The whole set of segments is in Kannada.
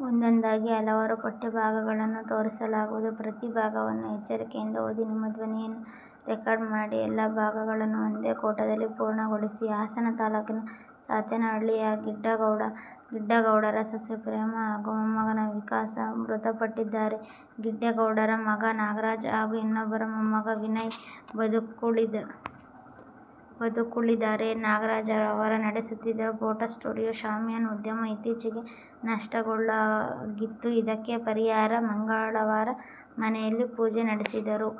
ಹಾಸನ ತಾಲೂಕಿನ ಸಾತೇನಹಳ್ಳಿಯ ಗಿಡ್ಡೇಗೌಡ, ಗಿಡ್ಡೇಗೌಡರ ಸೊಸೆ ಪ್ರೇಮ ಹಾಗೂ ಮೊಮ್ಮಗ ವಿಕಾಸ್ ಮೃತಪಟ್ಟಿದ್ದಾರೆ. ಗಿಡ್ಡೇಗೌಡರ ಮಗ ನಾಗರಾಜ್ ಹಾಗೂ ಇನ್ನೊಬ್ಬ ಮೊಮ್ಮಗ ವಿನಯ್ ಬದುಕುಳಿದಿದ್ದಾರೆ. ನಾಗರಾಜ್ರವರು ನಡೆಸುತ್ತಿದ್ದ ಫೋಟೋ ಸ್ಟುಡಿಯೋ, ಶಾಮಿಯಾನ ಉದ್ಯಮ ಇತ್ತೀಚೆಗೆ ನಷ್ಟಕ್ಕೊಳಗಾಗಿತ್ತು. ಇದಕ್ಕೆ ಪರಿಹಾರವಾಗಿ ಮಂಗಳವಾರ ಮನೆಯಲ್ಲಿ ಪೂಜೆ ನಡೆಸಿದ್ದರು.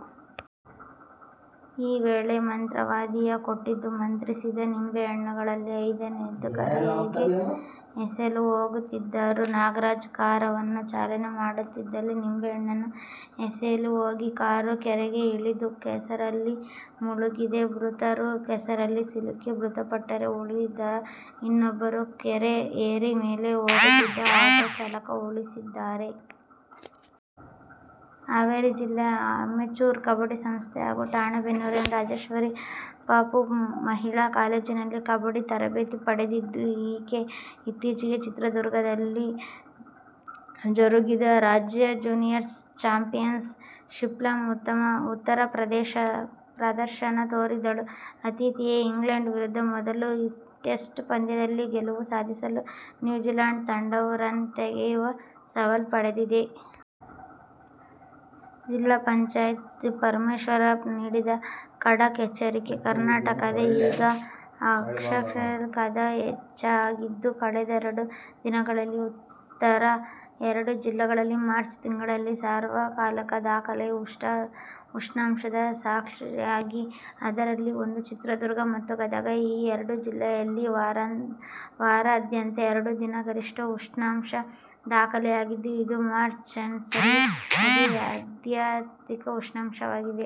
ಈ ವೇಳೆ ಮಂತ್ರವಾದಿಯು ಕೊಟ್ಟಿದ್ದ ಮಂತ್ರಿಸಿದ ನಿಂಬೆಹಣ್ಣುಗಳಲ್ಲಿ ಐದನೇಯದನ್ನು ಕೆರೆಗೆ ಎಸೆಯಲು ಹೋಗುತ್ತಿದ್ದರು. ನಾಗರಾಜ್ ಕಾರನ್ನು ಚಾಲನೆ ಮಾಡುತ್ತಲೇ ನಿಂಬೆಹಣ್ಣನ್ನು ಎಸೆಯಲು ಹೋಗಿ ಕಾರು ಕೆರೆಗೆ ಇಳಿದು ಕೆಸರಲ್ಲಿ ಮುಳುಗಿದೆ. ಮೃತರು ಕೆಸರಲ್ಲಿ ಸಿಲುಕಿ ಮೃತಪಟ್ಟರೆ ಉಳಿದ ಇಬ್ಬರನ್ನು ಕೆರೆ ಏರಿ ಮೇಲೆ ಹೋಗುತ್ತಿದ್ದ ಆಟೋ ಚಾಲಕ ಉಳಿಸಿದ್ದಾರೆ. ಹಾವೇರಿ ಜಿಲ್ಲಾ ಅಮೆಚೂರ್ ಕಬಡ್ಡಿ ಸಂಸ್ಥೆ ಹಾಗೂ ರಾಣಿಬೆನ್ನೂರಿನ ರಾಜರಾಜೇಶ್ವರಿ ಪಪೂ ಮಹಿಳಾ ಕಾಲೇಜಿನಲ್ಲಿ ಕಬಡ್ಡಿ ತರಬೇತಿ ಪಡೆದಿದ್ದ ಈಕೆ ಇತ್ತೀಚೆಗೆ ಚಿತ್ರದುರ್ಗದಲ್ಲಿ ಜರುಗಿದ ರಾಜ್ಯ ಜ್ಯೂನಿಯರ್ ಚಾಂಪಿಯನ್ ಶಿಪ್ನಲ್ಲಿ ಉತ್ತಮ ಪ್ರದರ್ಶನ ತೋರಿದ್ದಳು. ಆತಿಥೇಯ ಇಂಗ್ಲೆಂಡ್ ವಿರುದ್ಧದ ಮೊದಲ ಟೆಸ್ಟ್ ಪಂದ್ಯದಲ್ಲಿ ಗೆಲುವು ಸಾಧಿಸಲು ನ್ಯೂಜಿಲ್ಯಾಂಡ್ ತಂಡವು ರನ್ ತೆಗೆಯುವ ಸವಾಲು ಪಡೆದಿದೆ. ಜಿ. ಪರಮೇಶ್ವರ್ ನೀಡಿದ ಖಡಕ್ ಎಚ್ಚರಿಕೆ. ಕರ್ನಾಟಕ ಈಗ ಅಕ್ಷರಶಃ ಕಾದ ಹೆಂಚಾಗಿದ್ದು, ಕಳೆದೆರಡು ದಿನಗಳಲ್ಲಿ ಉತ್ತರದ ಎರಡು ಜಿಲ್ಲೆಗಳಲ್ಲಿ ಮಾರ್ಚ್ ತಿಂಗಳಲ್ಲಿನ ಸಾರ್ವಕಾಲಿಕ ದಾಖಲೆಯ ಉಷ್ಣಾಂಶಕ್ಕೆ ಸಾಕ್ಷಿಯಾಗಿವೆ ಅದರಲ್ಲಿ ಒಂದು ಚಿತ್ರದುರ್ಗ, ಮತ್ತೂಂದು ಗದಗ. ಈ ಎರಡೂ ಜಿಲ್ಲೆಗಳಲ್ಲಿ ವಾರಾಂತ್ಯದ ಎರಡೂ ದಿನ ಗರಿಷ್ಠ ಉಷ್ಣಾಂಶ ದಾಖಲಾಗಿದ್ದು, ಇದು ಮಾರ್ಚ್ನಲ್ಲಿಯ ಅತ್ಯಧಿಕ ಉಷ್ಣಾಂಶವಾಗಿದೆ.